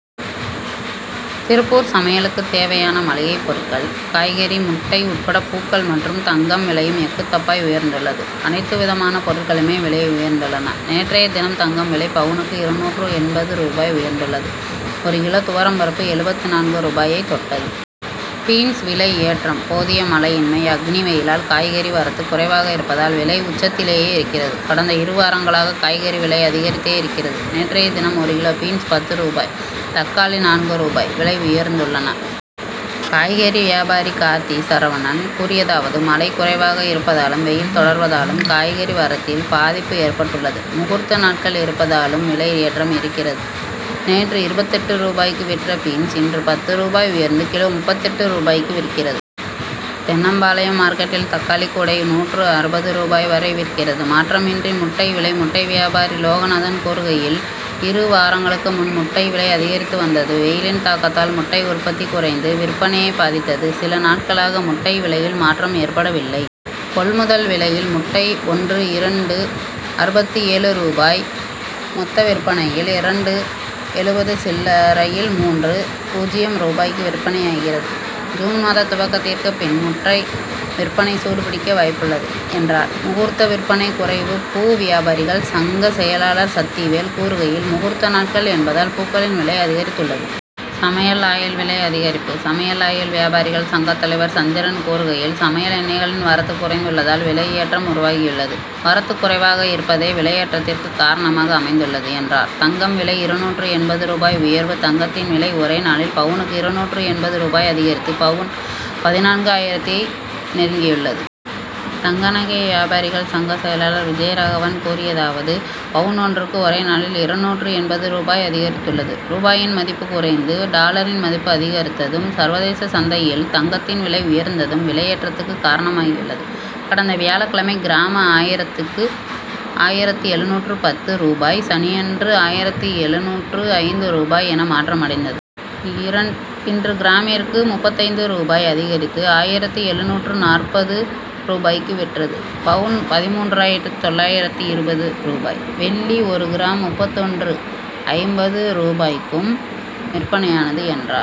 திருப்பூர் சமையலுக்கு தேவையான மளிகை பொருட்கள், காய்கறி, முட்டை உட்பட பூக்கள் மற்றும் தங்கம் விலையும் எக்குத்தப்பாய் உயர்ந்துள்ளது. அனைத்து விதமான பொருட்களுமே விலை உயர்ந்துள்ளன. நேற்றைய தினம் தங்கம் விலை பவுனுக்கு இருநூற்று எண்பது ரூபாய் உயர்ந்துள்ளது. ஒரு கிலோ துவரம் பருப்பு எழுபத்து நான்கு ரூபாயை தொட்டது. பீன்ஸ் விலை ஏற்றம் போதிய மழையின்மை, அக்னி வெயிலால் காய்கறி வரத்து குறைவாக இருப்பதால், விலை உச்சத்திலேயே இருக்கிறது. கடந்த இரு வாரங்களாக, காய்கறி விலை அதிகரித்தே இருக்கிறது. நேற்றைய தினம், ஒரு கிலோ பீன்ஸ் பத்து ரூபாய், தக்காளி நான்கு ரூபாய் விலை உயர்ந்துள்ளன. காய்கறி வியாபாரி கார்த்தி சரவணன் கூறியதாவது மழை குறைவாக இருப்பதாலும், வெயில் தொடர்வதாலும் காய்கறி வரத்தில் பாதிப்பு ஏற்பட்டுள்ளது. முகூர்த்த நாட்கள் இருப்பதாலும் விலை ஏற்றம் இருக்கிறது. நேற்று இருபத்தெட்டு ரூபாய்க்கு விற்ற பீன்ஸ், இன்று பத்து ரூபாய் உயர்ந்து, கிலோ முப்பத்தெட்டு ரூபாய்க்கு விற்கிறது. தென்னம்பாளையம் மார்க்கெட்டில் தக்காளி கூடை நூற்று அறுபது ரூபாய் வரை விற்கிறது. மாற்றமின்றி முட்டை விலை முட்டை வியாபாரி லோகநாதன் கூறுகையில், இரு வாரங்களுக்கு முன், முட்டை விலை அதிகரித்து வந்தது. வெயிலின் தாக்கத்தால் முட்டை உற்பத்தி குறைந்து, விற்பனையை பாதித்தது. சில நாட்களாக முட்டை விலையில் மாற்றம் ஏற்படவில்லை. கொள்முதல் விலையில் முட்டை ஒன்று இரண்டு.அறுபத்து ஏழு ரூபாய் மொத்த விற்பனையில் இரண்டு.எழுபது சில்லரையில் மூன்று.பூஜ்ஜியம் ரூபாய்க்கு விற்பனையாகிறது. ஜூன் மாத துவக்கத்திற்கு பின், முட்டை விற்பனை சூடுபிடிக்க வாய்ப்புள்ளது, என்றார். முகூர்த்த விற்பனை குறைவு பூ வியாபாரிகள் சங்க செயலாளர் சக்திவேல் கூறுகையில், முகூர்த்த நாட்கள் என்பதால் பூக்களின் விலை அதிகரித்துள்ளது. சமையல் ஆயில் விலை அதிகரிப்பு சமையல் ஆயில் வியாபாரிகள் சங்க தலைவர் சந்திரன் கூறுகையில், சமையல் எண்ணெய்களின் வரத்து குறைந்துள்ளதால், விலை ஏற்றம் உருவாகியுள்ளது. வரத்து குறைவாக இருப்பதே, விலையேற்றத்திற்கு காரணமாக அமைந்துள்ளது, என்றார். தங்கம் விலை இருநூற்று எண்பது ரூபாய் உயர்வு தங்கத்தின் விலை ஒரே நாளில் பவுனுக்கு இருநூற்று எண்பது ரூபாய் அதிகரித்து, பவுன் பதினான்கு ஆயிரத்தை நெருங்கியுள்ளது. தங்க நகை வியாபாரிகள் சங்க செயலாளர் விஜயராகவன் கூறியதாவது பவுன் ஒன்றுக்கு ஒரே நாளில் இருநூற்று எண்பது ரூபாய் அதிகரித்துள்ளது. ரூபாயின் மதிப்பு குறைந்து டாலரின் மதிப்பு அதிகரித்ததும், சர்வதேச சந்தையில் தங்கத்தின் விலை உயர்ந்ததும் விலையேற்றத்துக்கு காரணமாகியுள்ளது. கடந்த வியாழக்கிழமை கிராம் ஆயிரத்துக்கு ஆயிரத்து எழுநூற்று பத்து ரூபாய் சனியன்று ஆயிரத்து எழுநூற்று ஐந்து ரூபாய் என மாற்றம் அடைந்தது. இன்று கிராமிற்கு முப்பத்தைந்து ரூபாய் அதிகரித்து, ஆயிரத்து எழுநூற்று நாற்பது ரூபாய்க்கு விற்றது. பவுன் பதின்மூன்றாயிரத்து தொள்ளாயிரத்து இருபது ரூபாய் வெள்ளி ஒரு கிராம் முப்பத்தொன்று. ஐம்பது ரூபாய்க்கும் விற்பனையானது, என்றார்.